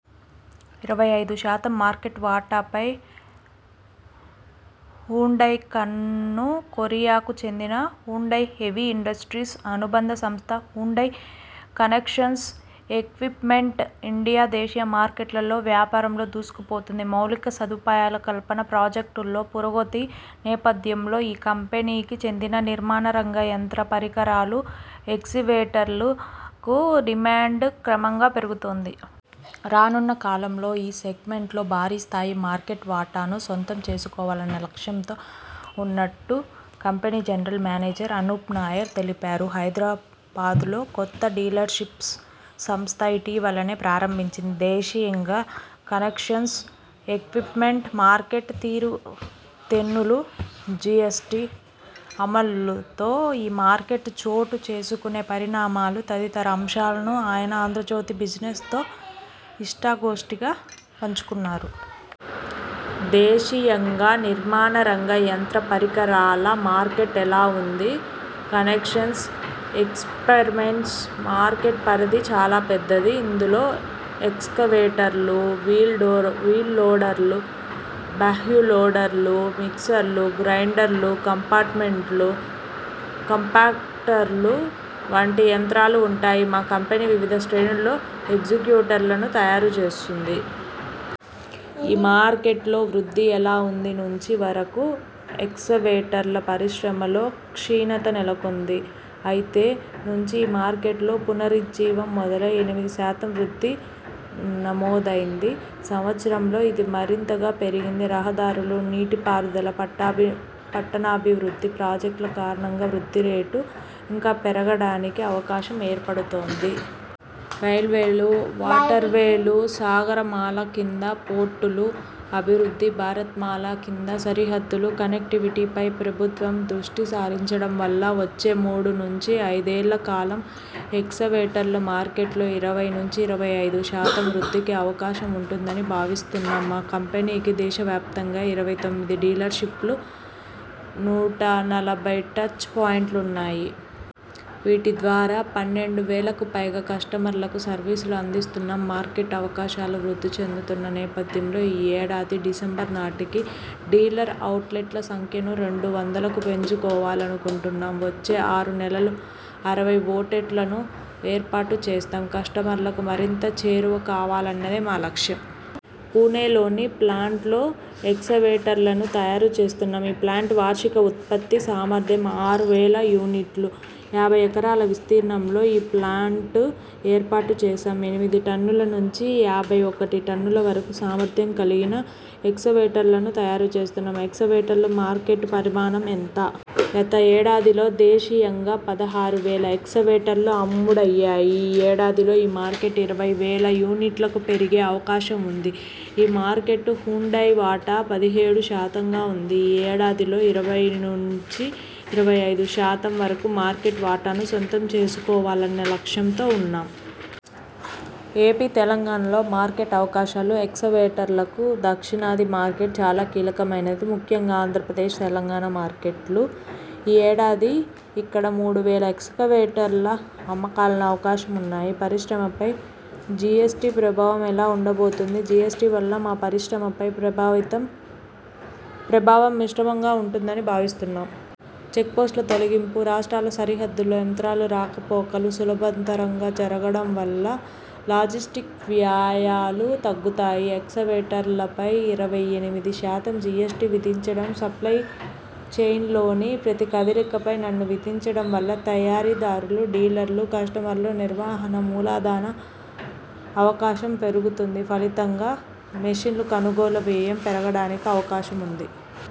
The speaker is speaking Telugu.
ఇరవై ఐదు శాతం మార్కెట్ వాటాపై హ్యుండయ్ కన్ను కొరియాకు చెందిన హ్యుండయ్ హెవీ ఇండస్ర్టీస్ అనుబంధ సంస్థ హ్యుండయ్ కన్స్ట్రక్షన్ ఎక్విప్మెంట్ ఇండియా దేశీయ మార్కెట్లో వ్యాపారంలో దూసుకుపోతోంది. మౌలిక సదుపాయాల కల్పన ప్రాజెక్టుల్లో పురోగతి నేపథ్యంలో ఈ కంపెనీకి చెందిన నిర్మాణ రంగ యంత్ర పరికరాలు, ఎక్స్కవేటర్లకు డిమాండ్ క్రమంగా పెరుగుతోంది. రానున్న కాలంలో ఈ సెగ్మెంట్లో భారీ స్థాయి మార్కెట్ వాటాను సొంతం చేసుకోవాలన్న లక్ష్యంతో ఉన్నట్టు company general manager Anoop Nair తెలిపారు. హైదరాబాద్లో కొత్త డీలర్షిప్ను సంస్థ ఇటీవలనే ప్రారంభించింది. దేశీయంగా కన్స్ట్రక్షన్ ఎక్విప్మెంట్ మార్కెట్ తీరుతెన్నులు, జిఎస్టి అమలుతో ఈ మార్కెట్లో చోటు చేసుకునే పరిణామాలు తదితర అంశాలను ఆయన 'ఆంధ్రజ్యోతి బిజినెస్ 'తో ఇష్టాగోష్టిగా పంచుకున్నారు. దేశీయంగా నిర్మాణ రంగ యంత్ర పరికరాల మార్కెట్ ఎలా ఉంది? కన్స్ట్రక్షన్ ఎక్విప్మెంట్ మార్కెట్ పరిధి చాలా పెద్దది. ఇందులో ఎక్స్కవేటర్లు, వీల్ లోడర్లు, బ్యాక్హో లోడర్లు, మిక్సర్లు, గ్రేడర్లు, కాంపాక్టర్లు వంటి యంత్రాలు ఉంటాయి. మా కంపెనీ వివిధ శ్రేణుల్లో ఎక్స్కవేటర్లను తయారు చేస్తోంది. ఈ మార్కెట్లో వృద్ధి ఎలా ఉంది నుంచి వరకు ఎక్స్కవేటర్ల పరిశ్రమలో క్షీణత నెలకొంది. అయితే నుంచి ఈ మార్కెట్లో పునరుజ్జీవం మొదలై ఎనిమిది శాతం వృద్ధి నమోదైంది. సంవత్సరంలో ఇది మరింతగా పెరిగింది. రహదారులు, నీటిపారుదల, పట్టణాభివృద్ధి ప్రాజెక్టుల కారణంగా వృద్ధి రేటు ఇంకా పెరగడానికి అవకాశం ఏర్పడుతోంది. రైల్వేలు, వాటర్వేలు, సాగరమాల కింద పోర్టుల అభివృద్ధి, భారత్ మాల కింద సరిహద్దుల కనెక్టివిటీపై ప్రభుత్వం దృష్టిసారించడం వల్ల వచ్చే మూడు నుంచి ఐదేళ్ల కాలంలో ఎక్స్కవేటర్ల మార్కెట్లో ఇరవై నుంచి ఇరవై ఐదు శాతం వృద్ధికి అవకాశం ఉంటుందని భావిస్తున్నాం. మా కంపెనీకి దేశవ్యాప్తంగా ఇరవై తొమ్మిది డీలర్షిప్స్, నూట నలభై టచ్ పాయింట్లున్నాయి. వీటి ద్వారా పన్నెండు వేలకు పైగా కస్టమర్లకు సర్వీసులు అందిస్తున్నాం. మార్కెట్ అవకాశాలు వృద్ధి చెందుతున్న నేపథ్యంలో ఈ ఏడాది డిసెంబర్ నాటికి డీలర్ ఔట్లెట్ల సంఖ్యను రెండు వందలకు పెంచుకోవాలనుకుంటున్నాం. వచ్చే ఆరు నెలల్లో అరవై ఔట్లెట్లను ఏర్పాటు చేస్తాం. కస్టమర్లకు మరింత చేరువ కావాలన్నదే మా లక్ష్యం. పుణెలోని ప్లాంట్లో ఎక్స్కవేటర్లను తయారు చేస్తున్నాం. ఈ ప్లాంట్ వార్షిక ఉత్పత్తి సామర్థ్యం ఆరు వేల యూనిట్లు. యాభై ఎకరాల విస్తీర్ణంలో ఈ ప్లాంట్ను ఏర్పాటు చేశాం. ఎనిమిది టన్నుల నుంచి యాభై ఒకటి టన్నుల వరకు సామర్థ్యం కలిగిన ఎక్స్కవేటర్లను తయారు చేస్తున్నాం. ఎక్స్కవేటర్ల మార్కెట్ పరిమాణం ఎంత? గత ఏడాదిలో దేశీయంగా పదహారు వేల ఎక్స్కవేటర్లు అమ్ముడయ్యాయి. ఈ ఏడాదిలో ఈ మార్కెట్ ఇరవై వేల యూనిట్లకు పెరిగే అవకాశం ఉంది. ఈ మార్కెట్లో హ్యుండయ్ వాటా పదిహేడు శాతంగా ఉంది. ఈ ఏడాదిలో ఇరవై నుంచి ఇరవై ఐదు శాతం వరకు మార్కెట్ వాటాను సొంతం చేసుకోవాలన్న లక్ష్యంతో ఉన్నాం. ఎపి, తెలంగాణలో మార్కెట్ అవకాశాలు ఎక్స్కవేటర్లకు దక్షిణాది మార్కెట్ చాలా కీలకమైనది. ముఖ్యంగా ఆంధ్రప్రదేశ్, తెలంగాణ మార్కెట్లు. ఈ ఏడాది ఇక్కడమూడు వేల ఎక్స్కవేటర్ల అమ్మకాలకు అవకాశాలున్నాయి. పరిశ్రమపై జిఎస్టి ప్రభావం ఎలా ఉండబోతోంది జిఎస్టి వల్ల మా పరిశ్రమపై ప్రభావం మిశ్రమంగా ఉంటుందని భావిస్తున్నాం. చెక్పోస్టుల తొలగింపు, రాష్ట్రాల సరిహద్దులో యంత్రాల రాకపోకలు సులభతరంగా జరగడం వల్ల లాజిస్టిక్స్ వ్యయాలు తగ్గుతాయి. ఎక్స్కవేటర్లపై ఇరవై ఎనిమిది శాతం జిఎస్టి విధించడం, సప్లయ్ చెయిన్లోని ప్రతి కదలికపై పన్ను విధించడం వల్ల తయారీదారులు, డీలర్లు, కస్టమర్ల నిర్వహణ మూలధన అవసరం పెరుగుతుంది. ఫలితంగా మెషిన్ల కొనుగోలు వ్యయం పెరగడానికి అవకాశం ఉంటుంది.